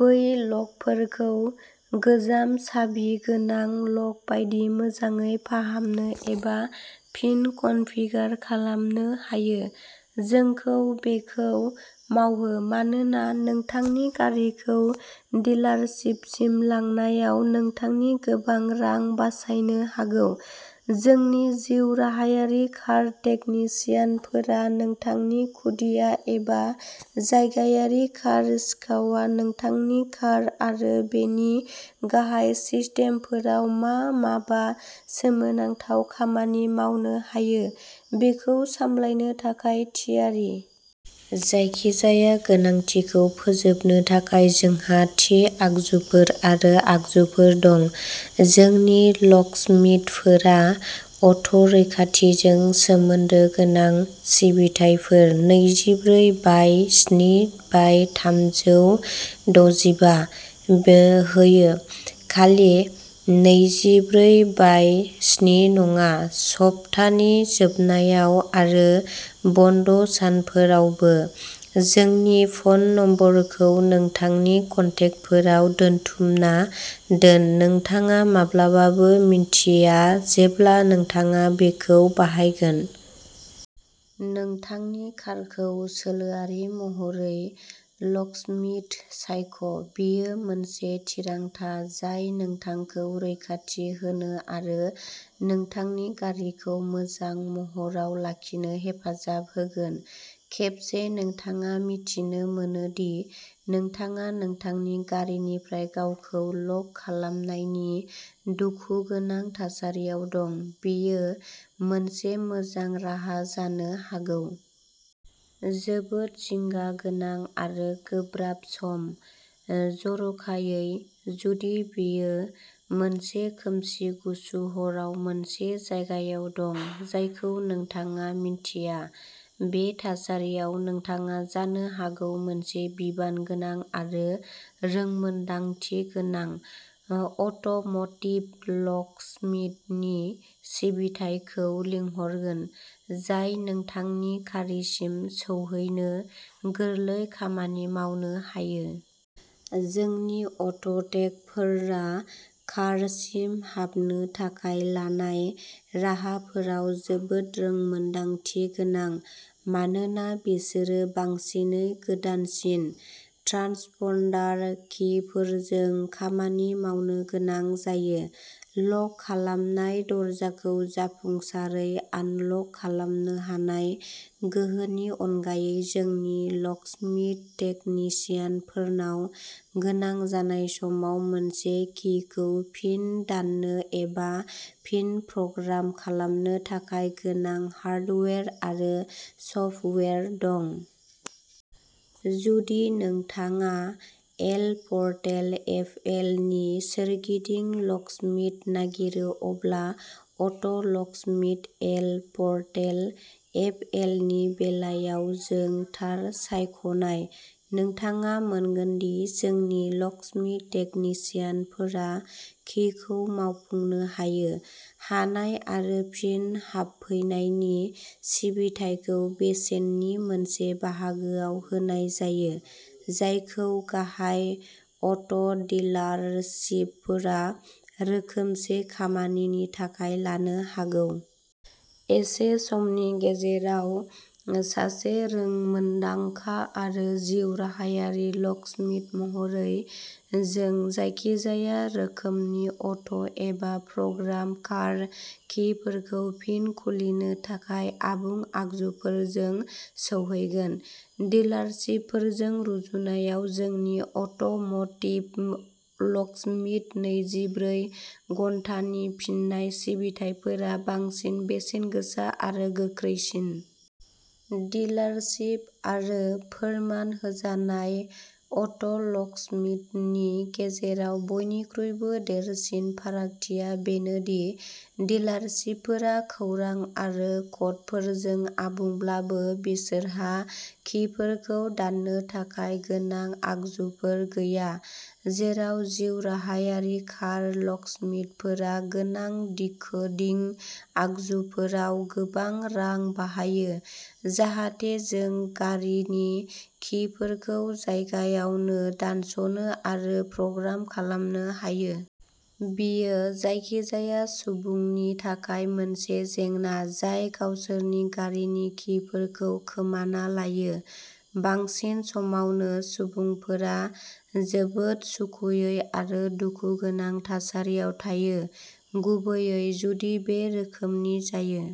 बै ल'कफोरखौ गोजाम साबि गोनां ल'क बायदि मोजाङै फाहामनो एबा फिन कनफिगार खालामनो हायो। जोंखौ बेखौ मावहो, मानोना नोंथांनि गारिखौ डिलारशिपसिम लांनायाव नोंथांनि गोबां रां बासायनो हागौ। जोंनि जिउराहायारि कार टेकनिशियानफोरा नोंथांनि खुदिया एबा जायगायारि कार सिखावआ नोंथांनि कार आरो बेनि गाहाय सिस्टेमफोराव मा माबा सोमोनांथाव खामानि मावनो हायो, बेखौ सामलायनो थाखाय थियारि। जायखिजाया गोनांथिखौ फोजोबनो थाखाय जोंहा थि आगजुफोर आरो आगजुफोर दं। जोंनि ल'कस्मिथफोरा अट'रैखाथिजों सोमोन्दो गोनां सिबिथाइफोर नैजिब्रै बाय स्नि बाय थामजौ द' जिबा। होयो, खालि नैजिब्रै बाय स्नि नङा, सप्तानि जोबनायाव आरो बन्द' सानफोरावबो। जोंनि फ'न नम्बरखौ नोंथांनि कन्टेकफोराव दोनथुमना दोन नोंथाङा माब्लाबाबो मिन्थिया जेब्ला नोंथाङा बेखौ बाहायगोन। नोंथांनि कारखौ सोलोआरि महरै ल'कस्मिथ सायख'। बेयो मोनसे थिरांथा जाय नोंथांखौ रैखाथि होनो आरो नोंथांनि गारिखौ मोजां महराव लाखिनो हेफाजाब होगोन। खेबसे नोंथाङा मिथिनो मोनो दि नोंथाङा नोंथांनि गारिनिफ्राय गावखौ ल'क खालामनायनि दुखुगोनां थासारियाव दं, बेयो मोनसे मोजां राहा जानो हागौ। जोबोद जिंगा गोनां आरो गोब्राब सम। जर'खायै जुदि बेयो मोनसे खोमसि गुसु हराव मोनसे जायगायाव दं जायखौ नोंथाङा मिन्थिया। बे थासारियाव, नोंथाङा जानो हागौ मोनसे बिबानगोनां आरो रोंमोन्दांथि गोनां अट'म'टिभ लकस्मिथनि सिबिथाइखौ लिंहरगोन, जाय नोंथांनि कारिसिम सौहैनो गोरलै खामानि मावनो हायो। जोंनि अट'टेकफोरा कारसिम हाबनो थाखाय लानाय राहाफोराव जोबोद रोंमोन्दांथि गोनां मानोना बिसोरो बांसिनै गोदानसिन ट्रान्सपन्डार किफोरजों खामानि मावनो गोनां जायो। लक खालामनाय दरजाखौ जाफुंसारै आनलक खालामनो हानाय गोहोनि अनगायै, जोंनि लकस्मिथ टेकनिशियानफोरनाव गोनां जानाय समाव मोनसे किखौ फिन दाननो एबा फिन प्रग्राम खालामनो थाखाय गोनां हार्डवेर आरो सफ्टवेयर दं। जुदि नोंथाङा एल पर्टेल एफएलनि सोरगिदिं लकस्मिथ नागिरो, अब्ला अट'लकस्मिथ एल पर्टेल एफएलनि बेलायाव जों थार सायख'नाय। नोंथाङा मोनगोन दि जोंनि लकस्मिथ टेकनिशियानफोरा किखौ मावफुंनो हायो। हानाय आरो फिन हाबफैनायनि सिबिथाइखौ बेसेननि मोनसे बाहागोआव होनाय जायो, जायखौ गाहाय अट' डिलारशिपफोरा रोखोमसे खामानिनि थाखाय लानो हागौ। एसे समनि गेजेराव, सासे रोंमोन्दांखा आरो जिउराहायारि लकस्मिथ महरै, जों जायखिजाया रोखोमनि अट' एबा प्रग्राम कार किफोरखौ फिन खुलिनो थाखाय आबुं आगजुफोरजों सौहैगोन। डिलारशिपफोरजों रुजुनायाव, जोंनि अट'म'टिभ लकस्मिथ नैजिब्रै घन्टानि फिननाय सिबिथाइफोरा बांसिन बेसेनगोसा आरो गोख्रैसिन। डिलारशिप आरो फोरमान होजानाय अट'लकस्मिथनि गेजेराव बयनिख्रुइबो देरसिन फारागथिया बेनो दि डिलारशिपफोरा खौरां आरो क'डफोरजों आबुंब्लाबो बिसोरहा किफोरखौ दाननो थाखाय गोनां आगजुफोर गैया। जेराव जिउराहायारि कार लकस्मिथफोरा गोनां डिकोडिं आगजुफोराव गोबां रां बाहायो, जाहाथे जों गारिनि किफोरखौ जायगायावनो दानस'नो आरो प्रग्राम खालामनो हायो। बेयो जायखिजाया सुबुंनि थाखाय मोनसे जेंना जाय गावसोरनि गारिनि किफोरखौ खोमाना लायो। बांसिन समावनो सुबुंफोरा जोबोद सुखुयै आरो दुखुगोनां थासारियाव थायो गुबैयै जुदि बे रोखोमनि जायो।